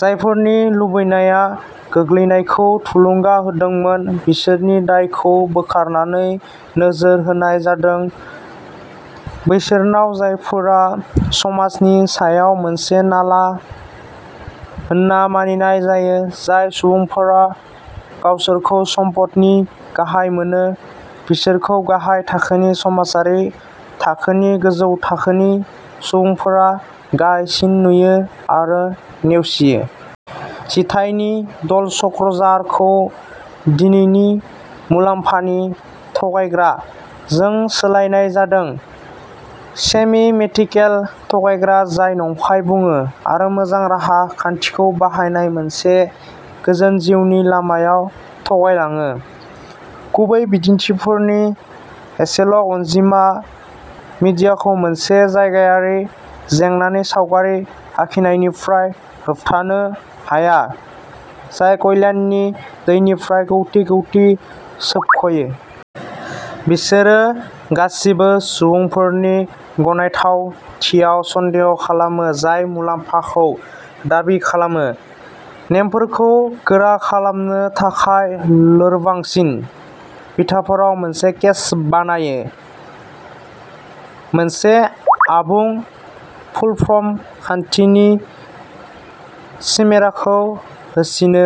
जायफोरनि लुबैनाया गोग्लैनायखौ थुलुंगा होदोंमोन, बिसोरनि दायखौ बोखारनानै, नोजोर होनाय जादों बैसोरनाव जायफोरा समाजनि सायाव मोनसे नाला होनना मानिनाय जायो। जाय सुबुंफोरा गावसोरखौ सम्फदनि गाहायाव मोनो, बिसोरखौ गाहाय थाखोनि समाजारि थाखोनि गोजौ थाखोनि सुबुंफोरा गाहायसिन नुयो आरो नेवसियो। जिथाइनि "ड'ल स्क्रंजार" खौ दिनैनि "मुलाम्फानि थगायग्रा" जों सोलायनाय जादोंः सेमि-मिथिकेल थगायग्रा जाय नंखाय बुङो आरो मोजां राहा खान्थिखौ बाहायना मोनसे गोजोन जिउनि लामायाव थगायलाङो। गुबै बिदिन्थिफोरनि एसेल'अनजिमाया मिडियाखौ मोनसे जायगायारि जेंनानि सावगारि आखिनायनिफ्राय होबथानो हाया, जाय कल्याणनि दोनिफ्राय कौटि कौटि सोबख'यो। बिसोरो गासिबो सुबुंफोरनि गनायथावथियाव सन्देह खालामो, जाय मुलाम्फाखौ दाबि खालामो, नेमफोरखौ गोरा खालामनो थाखाय लोरबांसिन बिथाफोराव मोनसे केस बानायो, मोनसे आबुं, फुलप्रुफ खान्थिनि चिमेराखौ होसिनो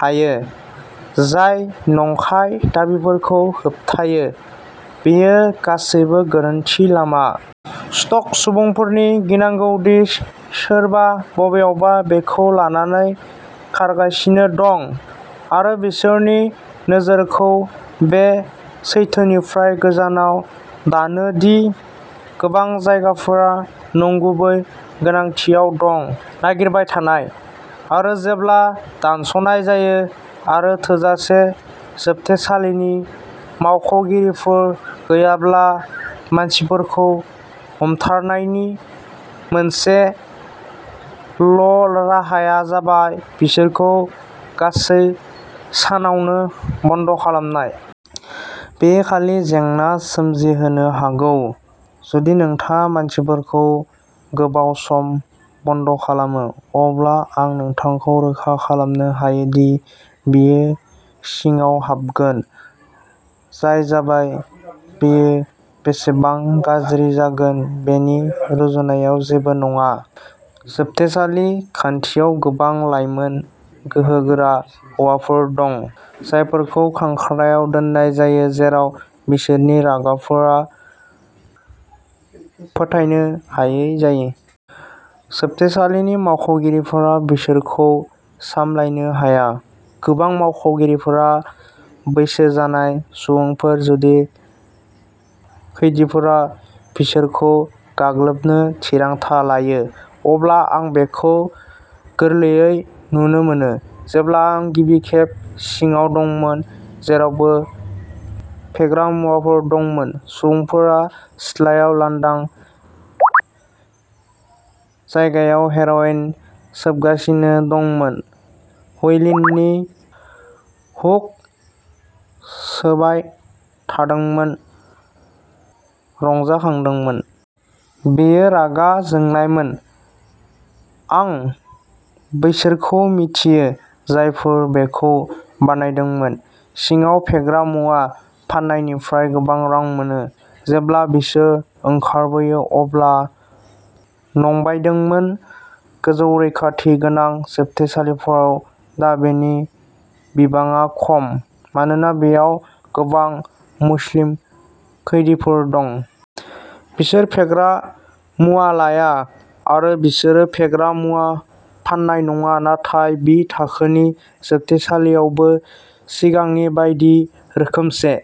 हायो जाय नंखाय दाबिफोरखौ होबथायो। बेयो गासैबो गोरोन्थि लामा। स्ट'क सुबुंफोरनि गिनांगौ दि सोरबा बबेयावबा बेखौ लानानै खारगासिनो दं, आरो बिसोरनि नोजोरखौ बे सैथोनिफ्राय गोजानाव दोनो दि गोबां जायफोरा नंगुबै गोनांथिआव दं। नागिरबाय थानाय। आरो जेब्ला दानस'नाय जायो, आरो थोजासे जोबथेसालिनि मावख'गिरिफोर गैयाब्ला, मानसिफोरखौ हमथानायनि मोनसेल'राहाया जाबाय बिसोरखौ गासै सानावनो बन्द'खालामनाय। बेयो खालि जेंना सोमजिहोनो हागौ। जुदि नोंथाङा मानसिफोरखौ गोबाव सम बन्द'खालामो, अब्ला आं नोंथांखौ रोखा खालामनो हायो दि बेयो सिङाव हाबगोन। जाय जाबाय बेयो बेसेबां गाज्रि जागोन बेनि रुजुनायाव जेबो नङा। जोबथेसालि खान्थियाव गोबां लाइमोन, गोहोगोरा हौवाफोर दं, जायफोरखौ खांख्रायाव दोननाय जायो जेराव बिसोरनि रागाफोरा फोथायनो हायै जायो। जोबथेसालिनि मावख'गिरिफोरा बिसोरखौ सामलायनो हाया। गोबां मावख'गिरिफोरा बैसो जानाय सुबुंफोर-जुदि खैदिफोरा बिसोरखौ गाग्लोबनो थिरांथा लायो, अब्ला आं बेखौ गोरलैयै नुनो मोनो। जेब्ला आं गिबि खेब सिङाव दंमोन, जेरावबो फेग्रा मुवाफोर दंमोन। सुबुंफोरा सिथ्लायाव लांदां जायगायाव हेर'इन सोबगासिनो दंमोन, हुइलिननि दोआव हुख सोबाय थादोंमोन, रंजाखांदोंमोन। बेयो रागा जोंनायमोन। आं बैसोरखौ मिथियो जायफोरा बेखौ बानायदोंमोन। सिङाव फेग्रा मुवा फाननायनिफ्राय गोबां रां मोनो, जेब्ला बिसोर ओंखारबोयो अब्ला न'बायदोंमोन। गोजौ रैखाथि गोनां जोबथेसालिफोराव दा बेनि बिबाङा खम, मानोना बेयाव गोबां मुस्लिम खैदीफोर दं। बिसोर फेग्रा मुवा लाया आरो बिसोरो फेग्रा मुवा फाननाय नङा। नाथाय बि थाखोनि जोबथेसालियावबो सिगांनि बायदि रोखोमसे।